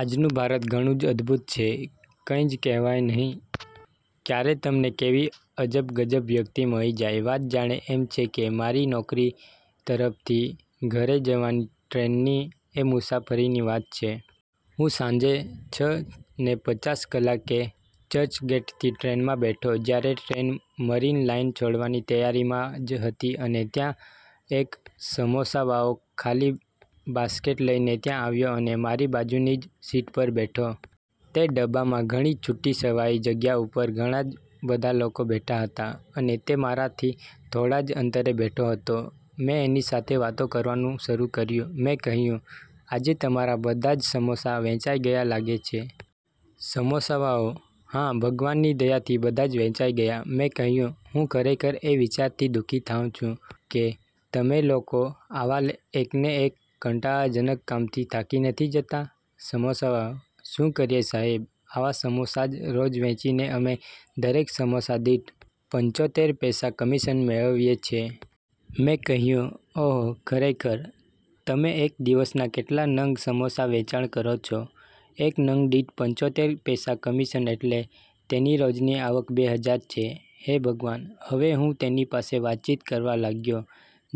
આજનું ભારત ઘણું જ અદભુત છે. કંઈ જ કહેવાય નહિ, ક્યારે તમને કેવી અજબ ગજબ વ્યક્તિ મળી જાય. વાત જાણે એમ છે કે, મારી નોકરી તરફથી ઘરે જવાની ટ્રેનની એ મુસાફરીની વાત છે. હું સાંજે છ ને પચાસ કલાકે ચર્ચગેટથી ટ્રેનમાં બેઠો, જ્યારે ટ્રેન મરીન લાઇન છોડવાની તૈયારીમાં જ હતી અને ત્યાં એક સમોસાવાળૉ ખાલી બાસ્કેટ લઇને ત્યાં આવ્યો અને મારી બાજુની જ સીટ પર બેઠો. તે ડબ્બામાં ઘણી છુટી છવાઈ જગ્યા ઉપર ઘણાં બધા લોકો બેઠા હતા. અને તે મારાથી થોડા જ અંતરે બેઠો હતો. મેં એની સાથે વાતો કરવાનું શરૂ કર્યુ. મેં કહ્યુ, "આજે તમારા બધા જ સમોસા વેચાઇ ગયા લાગે છે. સમોસાવાળૉ: હા ભગવાનની દયાથી બધાજ વેચાઈ ગયા. મેં કહ્યુ: હું ખરેખર એ વિચારથી દુ:ખી થાવ છું કે, તમેં લોકો આવા એકને એક કંટાળાજનક કામથી થાકી નથી જતા? સમોસાવાળો: શુ કરીએ સાહેબ? આવા સમોસા જ રોજ વેચીને અમેં દરેક સમોસા દીઠ પંચોતેર પૈસા કમીશન મેંળવીએ છે. મેં કહ્યુ: ઓહ્!! ખરેખર? તમેં એક દીવસના કેટલા નંગ સમોસા વેચાણ કરો છો? એક નંગદીઠ પંચોતેર પૈસા કમીશન એટલે તેની રોજની આવક બે હજાર છે. હે ભગવાન! હવે હું તેની પાસે વાતચીત કરવા લાગ્યો,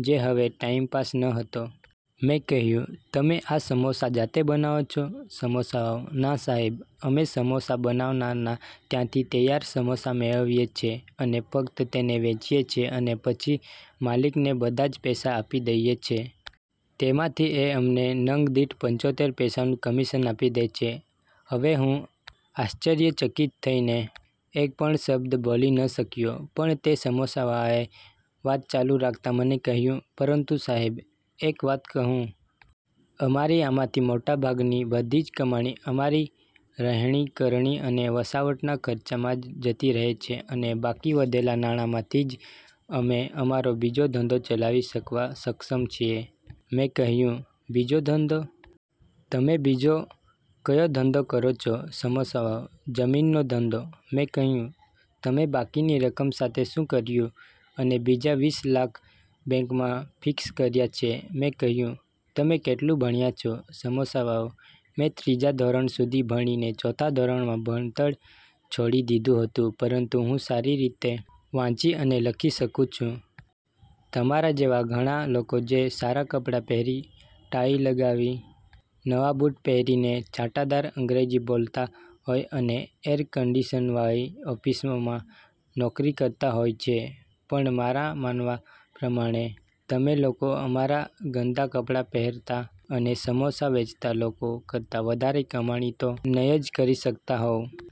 જે હવે ટાઇમપાસ ન હતો. મેં કહ્યુ: તમેં આ સમોસા જાતે બનાવો છો? સમોસાવાળો: ના સાહેબ, અમેં સમોસા બનાવનારનાં ત્યાંથી તૈયાર સમોસા મેંળવીએ છે અને ફક્ત તેને વેચીએ છીએ અને પછી માલિકને બધા જ પૈસા આપી દઈએ છે. તેમાંથી એ અમને નંગ દીઠ પંચોતેર પૈસાનું કમીશન આપી દે છે. હવે હું આશ્ચ્રર્યચકિત થઈને એક પણ શબ્દ બોલી ન શક્યો, પણ તે સમોસાવાળાએ વાત ચાલુ રાખતા મને કહ્યુ "પરંતુ સાહેબ એક વાત કહું? અમારી આમાંથી મોટા ભાગની બધી જ કમાણી અમારી રહેણીકરણી અને વસવાટના ખર્ચામાં જ જતી રહે છે અને બાકી વધેલા નાણાંમાંથી જ અમેં અમારો બીજો ધંધો ચલાવી શકવા સક્ષમ છીએ. મેં કહ્યુ: બીજો ધંધો? તમેં બીજો કયો ધંધો કરો છો? સમોસાવાળો: જમીનનો ધંધો. મેં કહ્યુ: તમેં બાકીની રકમ સાથે શું કર્યું? અને બીજા વીસ લાખ બેન્કમાં ફીક્સ કર્યા છે. મેં કહ્યુ: તમે કેટલુ ભણ્યા છો? સમોસાવાળો: મેં ત્રીજા ધોરણ સુધી ભણીને ચોથા ધોરણમાં ભણતર છોડી દીધુ હતું, પરંતુ હું સારી રીતે વાંચી અને લખી શકુ છું. તમારા જેવા ઘણા લોકો જે સારા કપડા પહેરી ટાઈ લગાવી, નવા બુટ પહેરીને છટાદાર અંગ્રેજી બોલતા હોય અને એર કંડીશનવાળી ઓફીસોમાં નોકરી કરતા હોય છે, પણ મારા માનવા પ્રમાણે તમે લોકો અમારા ગંદા કપડા પહેરતા અને સમોસા વેચતા લોકો કરતા વધારે કમાણી તો નઈં જ કરી શકતા હોવ.